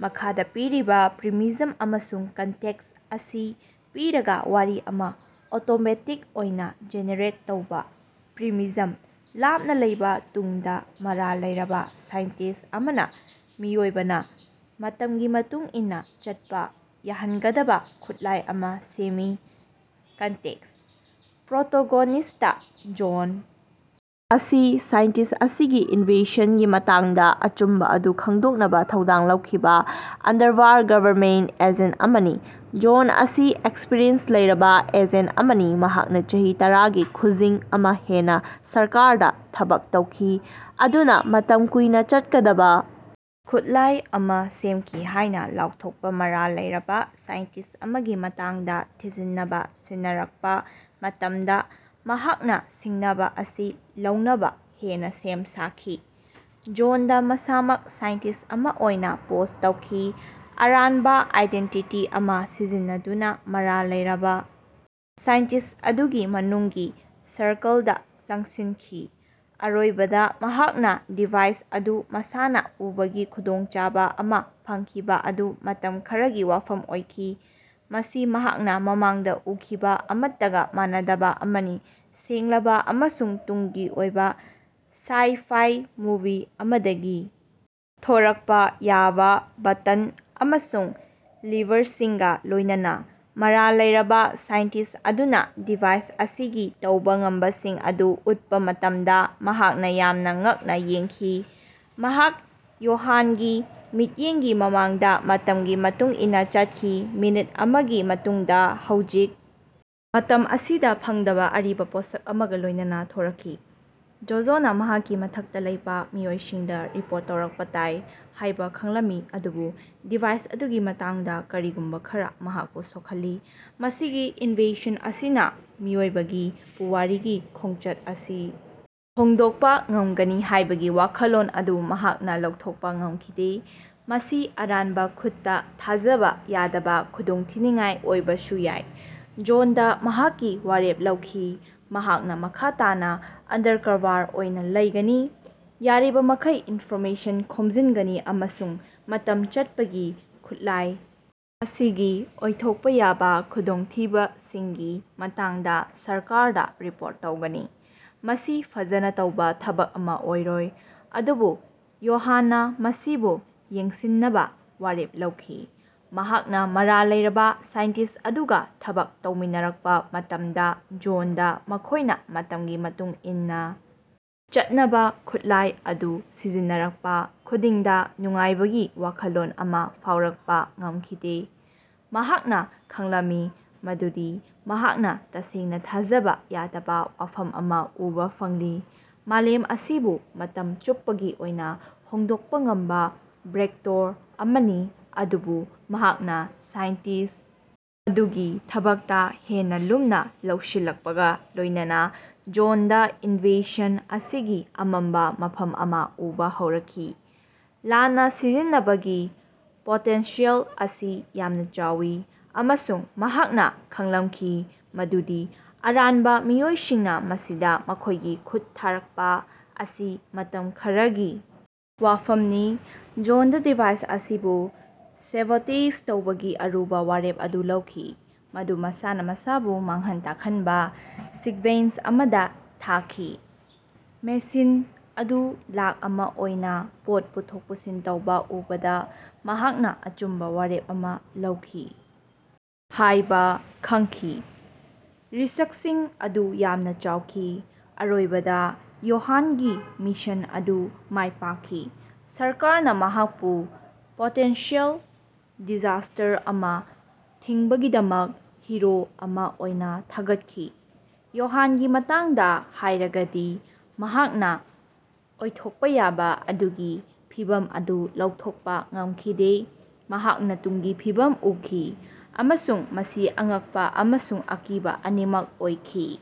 ꯃꯈꯥꯗ ꯄꯤꯔꯤꯕ ꯄ꯭ꯔꯤꯃꯤꯖꯝ ꯑꯃꯁꯨꯡ ꯀꯟꯇꯦꯛꯁ ꯑꯁꯤ ꯄꯤꯔꯒ ꯋꯥꯔꯤ ꯑꯃ ꯑꯣꯇꯣꯃꯦꯇꯤꯛ ꯑꯣꯏꯅ ꯖꯦꯅꯦꯔꯦꯠ ꯇꯧꯕ꯫ ꯄ꯭ꯔꯤꯃꯤꯖꯝ: ꯂꯥꯞꯅ ꯂꯩꯕ ꯇꯨꯡꯗ, ꯃꯔꯥꯜ ꯂꯩꯔꯕ ꯁꯥꯏꯟꯇꯤꯁ ꯑꯃꯅ ꯃꯤꯑꯣꯏꯕꯅ ꯃꯇꯝꯒꯤ ꯃꯇꯨꯡ ꯏꯟꯅ ꯆꯠꯄ ꯌꯥꯍꯟꯒꯗꯕ ꯈꯨꯠꯂꯥꯏ ꯑꯃ ꯁꯦꯝꯃꯤ꯫ ꯀꯟꯇꯦꯛꯁ: ꯄ꯭ꯔꯣꯇꯣꯒꯣꯅꯤꯁꯇ ꯖꯣꯟ ꯑꯁꯤ ꯁꯥꯏꯟꯇꯤꯁ ꯑꯁꯤꯒꯤ ꯏꯟꯚꯦꯟꯁꯟꯒꯤ ꯃꯇꯥꯡꯗ ꯑꯆꯨꯝꯕ ꯑꯗꯨ ꯈꯪꯗꯣꯛꯅꯕ ꯊꯧꯗꯥꯡ ꯂꯧꯈꯤꯕ ꯑꯟꯗꯔꯛꯚꯥꯔ ꯒꯕꯔꯅꯃꯦꯟꯇ ꯑꯦꯖꯦꯟꯇ ꯑꯃꯅꯤ꯫ ꯖꯣꯟ ꯑꯁꯤ ꯑꯦꯛꯁꯄꯔꯤꯌꯦꯟꯁ ꯂꯩꯕ ꯑꯦꯖꯦꯟꯇ ꯑꯃꯅꯤ, ꯃꯍꯥꯛꯅ ꯆꯍꯤ ꯇꯔꯒꯤ ꯈꯨꯖꯤꯡ ꯑꯃ ꯍꯦꯟꯅ ꯁꯔꯀꯥꯔꯗ ꯊꯕꯛ ꯇꯧꯈꯤ꯫ ꯑꯗꯨꯅ ꯃꯇꯝ ꯀꯨꯏꯅ ꯆꯠꯀꯗꯕ ꯈꯨꯠꯂꯥꯏ ꯑꯃ ꯁꯦꯝꯈꯤ ꯍꯥꯏꯅ ꯂꯥꯎꯊꯣꯛꯄ ꯃꯔꯥꯜ ꯂꯩꯔꯕ ꯁꯥꯏꯟꯇꯤꯁ ꯑꯃꯒꯤ ꯃꯇꯥꯡꯗ ꯊꯤꯖꯤꯟꯅꯕ ꯁꯤꯟꯅꯔꯛꯄ ꯃꯇꯝꯗ ꯃꯍꯥꯛꯅ ꯁꯤꯡꯅꯕ ꯑꯁꯤ ꯂꯧꯅꯕ ꯍꯦꯟꯅ ꯁꯦꯝ ꯁꯥꯈꯤ꯫ ꯖꯣꯟꯗ ꯃꯁꯥꯃꯛ ꯁꯥꯏꯟꯇꯤꯁꯠ ꯑꯃ ꯑꯣꯏꯅ ꯄꯣꯖ ꯇꯧꯈꯤ, ꯑꯔꯥꯟꯕ ꯑꯥꯏꯗꯦꯟꯇꯤꯇꯤ ꯑꯃ ꯁꯤꯖꯤꯟꯅꯗꯨꯅ ꯃꯔꯥꯜ ꯂꯩꯔꯕ ꯁꯥꯏꯟꯇꯤꯁ ꯑꯗꯨꯒꯤ ꯃꯅꯨꯡꯒꯤ ꯁꯔꯀꯜꯗ ꯆꯪꯁꯤꯟꯈꯤ꯫ ꯑꯔꯣꯏꯕꯗ ꯃꯍꯥꯛꯅ ꯗꯤꯚꯥꯏꯁ ꯑꯗꯨ ꯃꯁꯥꯅ ꯎꯕꯒꯤ ꯈꯨꯗꯣꯡꯆꯥꯕ ꯑꯃ ꯐꯪꯈꯤꯕ ꯑꯗꯨ ꯃꯇꯝ ꯈꯔꯒꯤ ꯋꯥꯐꯝ ꯑꯣꯏꯈꯤ꯫ ꯃꯁꯤ ꯃꯍꯥꯛꯅ ꯃꯃꯥꯡꯗ ꯎꯈꯤꯕ ꯑꯃꯠꯇꯒ ꯃꯥꯟꯅꯗꯕ ꯑꯃꯅꯤ- ꯁꯦꯡꯂꯕ ꯑꯃꯁꯨꯡ ꯇꯨꯡꯒꯤ ꯑꯣꯏꯕ, ꯁꯥꯏ-ꯐꯥꯏ ꯃꯨꯚꯤ ꯑꯃꯗꯒꯤ ꯊꯣꯔꯛꯄ ꯌꯥꯕ ꯕꯇꯟ ꯑꯃꯁꯨꯡ ꯂꯤꯚꯔꯁꯤꯡꯒ ꯂꯣꯏꯅꯅꯥ꯫ ꯃꯔꯥꯜ ꯂꯩꯔꯕꯥ ꯁꯥꯏꯟꯇꯤꯁ ꯑꯗꯨꯅ ꯗꯤꯚꯥꯏꯁ ꯑꯁꯤꯒꯤ ꯇꯧꯕ ꯉꯝꯕꯁꯤꯡ ꯑꯗꯨ ꯎꯠꯄ ꯃꯇꯝꯗ ꯃꯍꯥꯛꯅ ꯌꯥꯝꯅ ꯉꯛꯅ ꯌꯦꯡꯈꯤ꯫ ꯃꯍꯥꯛ ꯌꯣꯍꯥꯟꯒꯤ ꯃꯤꯠꯌꯦꯡꯒꯤ ꯃꯃꯥꯡꯗ ꯃꯇꯝꯒꯤ ꯃꯇꯨꯡ ꯏꯟꯅ ꯆꯠꯈꯤ, ꯃꯤꯅꯤꯠ ꯑꯃꯒꯤ ꯃꯇꯨꯡꯗ ꯍꯧꯖꯤꯛ ꯃꯇꯝ ꯑꯁꯤꯗ ꯐꯪꯗꯕ ꯑꯔꯤꯕ ꯄꯣꯠꯁꯛ ꯑꯃꯒ ꯂꯣꯏꯅꯅ ꯊꯣꯔꯛꯈꯤ꯫ ꯖꯣꯖꯣꯅ ꯃꯍꯥꯛꯀꯤ ꯃꯊꯛꯇ ꯂꯩꯕ ꯃꯤꯑꯣꯏꯁꯤꯡꯗ ꯔꯤꯄꯣꯔꯠ ꯇꯧꯔꯛꯄ ꯇꯥꯏ ꯍꯥꯏꯕ ꯈꯪꯂꯝꯏ ꯑꯗꯨꯕꯨ ꯗꯤꯚꯥꯏꯁ ꯑꯗꯨꯒꯤ ꯃꯇꯥꯡꯗ ꯀꯔꯤꯒꯨꯝꯕ ꯈꯔꯥ ꯃꯍꯥꯛꯄꯨ ꯁꯣꯛꯍꯜꯂꯤ꯫ ꯃꯁꯤꯒꯤ ꯏꯟꯚꯦꯟꯁꯟ ꯑꯁꯤꯅ ꯃꯤꯑꯣꯏꯕꯒꯤ ꯄꯨꯋꯥꯔꯤꯒꯤ ꯈꯣꯡꯆꯠ ꯑꯁꯤ ꯍꯣꯡꯗꯣꯛꯄ ꯉꯝꯒꯅꯤ ꯍꯥꯏꯕꯒꯤ ꯋꯥꯈꯜꯂꯣꯟ ꯑꯗꯨ ꯃꯍꯥꯛꯅ ꯂꯧꯊꯣꯛꯄ ꯉꯝꯈꯤꯗꯦ꯫ ꯃꯁꯤ ꯑꯔꯥꯟꯕ ꯈꯨꯠꯇ ꯊꯥꯖꯕ ꯌꯥꯗꯕ ꯈꯨꯗꯣꯡꯊꯤꯅꯤꯡꯉꯥꯏ ꯑꯣꯏꯕꯁꯨ ꯌꯥꯏ꯫ ꯖꯣꯟꯗ ꯃꯍꯥꯛꯀꯤ ꯋꯥꯔꯦꯞ ꯂꯧꯈꯤ- ꯃꯍꯥꯛꯅ ꯃꯈꯥ ꯇꯥꯅ ꯑꯟꯗꯔꯀꯚꯥꯔ ꯑꯣꯏꯅ ꯂꯩꯒꯅꯤ, ꯌꯥꯔꯤꯕꯃꯈꯩ ꯏꯟꯐꯣꯔꯃꯦꯁꯟ ꯈꯣꯝꯖꯤꯟꯒꯅꯤ, ꯑꯃꯁꯨꯡ ꯃꯇꯝ ꯆꯠꯄꯒꯤ ꯈꯨꯠꯂꯥꯏ ꯑꯁꯤꯒꯤ ꯑꯣꯏꯊꯣꯛꯄ ꯌꯥꯕ ꯈꯨꯗꯣꯡꯊꯤꯕꯁꯤꯡꯒꯤ ꯃꯇꯥꯡꯗ ꯁꯔꯀꯥꯔꯗ ꯔꯤꯄꯣꯔꯠ ꯇꯧꯒꯅꯤ꯫ ꯃꯁꯤ ꯐꯖꯅ ꯇꯧꯕ ꯊꯕꯛ ꯑꯃ ꯑꯣꯏꯔꯣꯏ, ꯑꯗꯨꯕꯨ ꯌꯣꯍꯥꯟꯅ ꯃꯁꯤꯕꯨ ꯌꯦꯡꯁꯤꯟꯅꯕ ꯋꯥꯔꯦꯞ ꯂꯧꯈꯤ꯫ ꯃꯍꯥꯛꯅ ꯃꯔꯥꯜ ꯂꯩꯔꯕ ꯁꯥꯏꯟꯇꯤꯁꯠ ꯑꯗꯨꯒ ꯊꯕꯛ ꯇꯧꯃꯤꯟꯅꯔꯛꯄ ꯃꯇꯝꯗ, ꯖꯣꯟꯗ ꯃꯈꯣꯏꯅ ꯃꯇꯝꯒꯤ ꯃꯇꯨꯡ ꯏꯟꯅ ꯆꯠꯅꯕ ꯈꯨꯠꯂꯥꯏ ꯑꯗꯨ ꯁꯤꯖꯤꯟꯅꯔꯛꯄ ꯈꯨꯗꯤꯡꯗ ꯅꯨꯡꯉꯥꯏꯕꯒꯤ ꯋꯥꯈꯜꯂꯣꯟ ꯑꯃ ꯐꯥꯎꯔꯛꯄꯥ ꯉꯝꯈꯤꯗꯦ꯫ ꯃꯍꯥꯛꯅ ꯈꯪꯂꯃꯏ ꯃꯗꯨꯗꯤ ꯃꯍꯥꯛꯅ ꯇꯁꯦꯡꯅ ꯊꯥꯖꯕ ꯌꯥꯗꯕ ꯋꯥꯐꯝ ꯑꯃ ꯎꯕ ꯐꯪꯂꯤ- ꯃꯥꯂꯦꯝ ꯑꯁꯤꯕꯨ ꯃꯇꯝ ꯆꯨꯞꯄꯒꯤ ꯑꯣꯏꯅ ꯍꯣꯡꯗꯣꯛꯄ ꯉꯝꯕ ꯕ꯭ꯔꯦꯛꯊ꯭ꯔꯣ ꯑꯃꯅꯤ꯫ ꯑꯗꯨꯕꯨ ꯃꯍꯥꯛꯅ ꯁꯥꯏꯟꯇꯤꯁꯠ ꯑꯗꯨꯒꯤ ꯊꯕꯛꯇ ꯍꯦꯟꯅ ꯂꯨꯝꯅ ꯂꯧꯁꯤꯜꯂꯛꯄꯒ ꯂꯣꯏꯅꯅꯥ ꯖꯣꯟꯗ ꯏꯟꯚꯦꯟꯁꯟ ꯑꯁꯤꯒꯤ ꯑꯃꯝꯕ ꯃꯐꯝ ꯑꯃ ꯎꯕ ꯍꯧꯔꯛꯈꯤ꯫ ꯂꯥꯟꯅ ꯁꯤꯖꯤꯟꯅꯕꯒꯤ ꯄꯣꯇꯦꯟꯁꯤꯌꯦꯜ ꯑꯁꯤ ꯌꯥꯝꯅ ꯆꯥꯎꯏ, ꯑꯃꯁꯨꯡ ꯃꯍꯥꯛꯅ ꯈꯪꯂꯝꯈꯤ ꯃꯗꯨꯗꯤ ꯑꯔꯥꯟꯕ ꯃꯤꯑꯣꯏꯁꯤꯡꯅ ꯃꯁꯤꯗ ꯃꯈꯣꯏꯒꯤ ꯈꯨꯠ ꯊꯥꯔꯛꯄ ꯑꯁꯤ ꯃꯇꯝ ꯈꯔꯒꯤ ꯋꯥꯐꯝꯅꯤ꯫ ꯖꯣꯟꯗ ꯗꯤꯚꯥꯏꯁ ꯑꯁꯤꯕꯨ ꯁꯦꯕꯣꯇꯦꯖ ꯇꯧꯕꯒꯤ ꯑꯔꯨꯕ ꯋꯥꯔꯦꯞ ꯑꯗꯨ ꯂꯧꯈꯤ, ꯃꯗꯨ ꯃꯁꯥꯅ ꯃꯁꯥꯕꯨ ꯃꯥꯡꯍꯟ ꯇꯥꯛꯍꯟꯕ ꯁꯤꯛꯕꯦꯟꯁ ꯑꯃꯗ ꯊꯥꯈꯤ꯫ ꯃꯦꯁꯤꯟ ꯑꯗꯨ ꯂꯥꯈ ꯑꯃ ꯑꯣꯏꯅ ꯄꯣꯠ ꯄꯨꯊꯣꯛ ꯄꯨꯁꯤꯟ ꯇꯧꯕ ꯎꯕꯗ ꯃꯍꯥꯛꯅ ꯑꯆꯨꯝꯕ ꯋꯥꯔꯦꯞ ꯑꯃ ꯂꯧꯈꯤ ꯍꯥꯏꯕ ꯈꯪꯈꯤ꯫ ꯔꯤꯁꯛꯁꯤꯡ ꯑꯗꯨ ꯌꯥꯝꯅ ꯆꯥꯎꯈꯤ꯫ ꯑꯔꯣꯏꯕꯗ ꯌꯣꯍꯥꯟꯒꯤ ꯃꯤꯁꯟ ꯑꯗꯨ ꯃꯥꯏꯄꯥꯛꯈꯤ꯫ ꯁꯔꯀꯥꯔꯅ ꯃꯍꯥꯛꯄꯨ ꯄꯣꯇꯦꯟꯁꯤꯌꯦꯜ ꯗꯤꯖꯥꯁꯇꯔ ꯑꯃ ꯊꯤꯡꯕꯒꯤꯗꯃꯛ ꯍꯤꯔꯣ ꯑꯃ ꯑꯣꯏꯅ ꯊꯥꯒꯠꯈꯤ꯫ ꯌꯣꯍꯥꯟꯒꯤ ꯃꯇꯥꯡꯗ ꯍꯥꯏꯔꯒꯗꯤ, ꯃꯍꯥꯛꯅ ꯑꯣꯏꯊꯣꯛꯄ ꯌꯥꯕ ꯑꯗꯨꯒꯤ ꯐꯤꯚꯝ ꯑꯗꯨ ꯂꯧꯊꯣꯛꯄ ꯉꯝꯈꯤꯗꯦ꯫ ꯃꯍꯥꯛꯅ ꯇꯨꯡꯒꯤ ꯐꯤꯕꯝ ꯎꯈꯤ- ꯑꯃꯁꯨꯡ ꯃꯁꯤ ꯑꯉꯛꯄꯥ ꯑꯃꯁꯨꯡ ꯑꯀꯤꯕ ꯑꯅꯤꯃꯛ ꯑꯣꯏꯈꯤ꯫।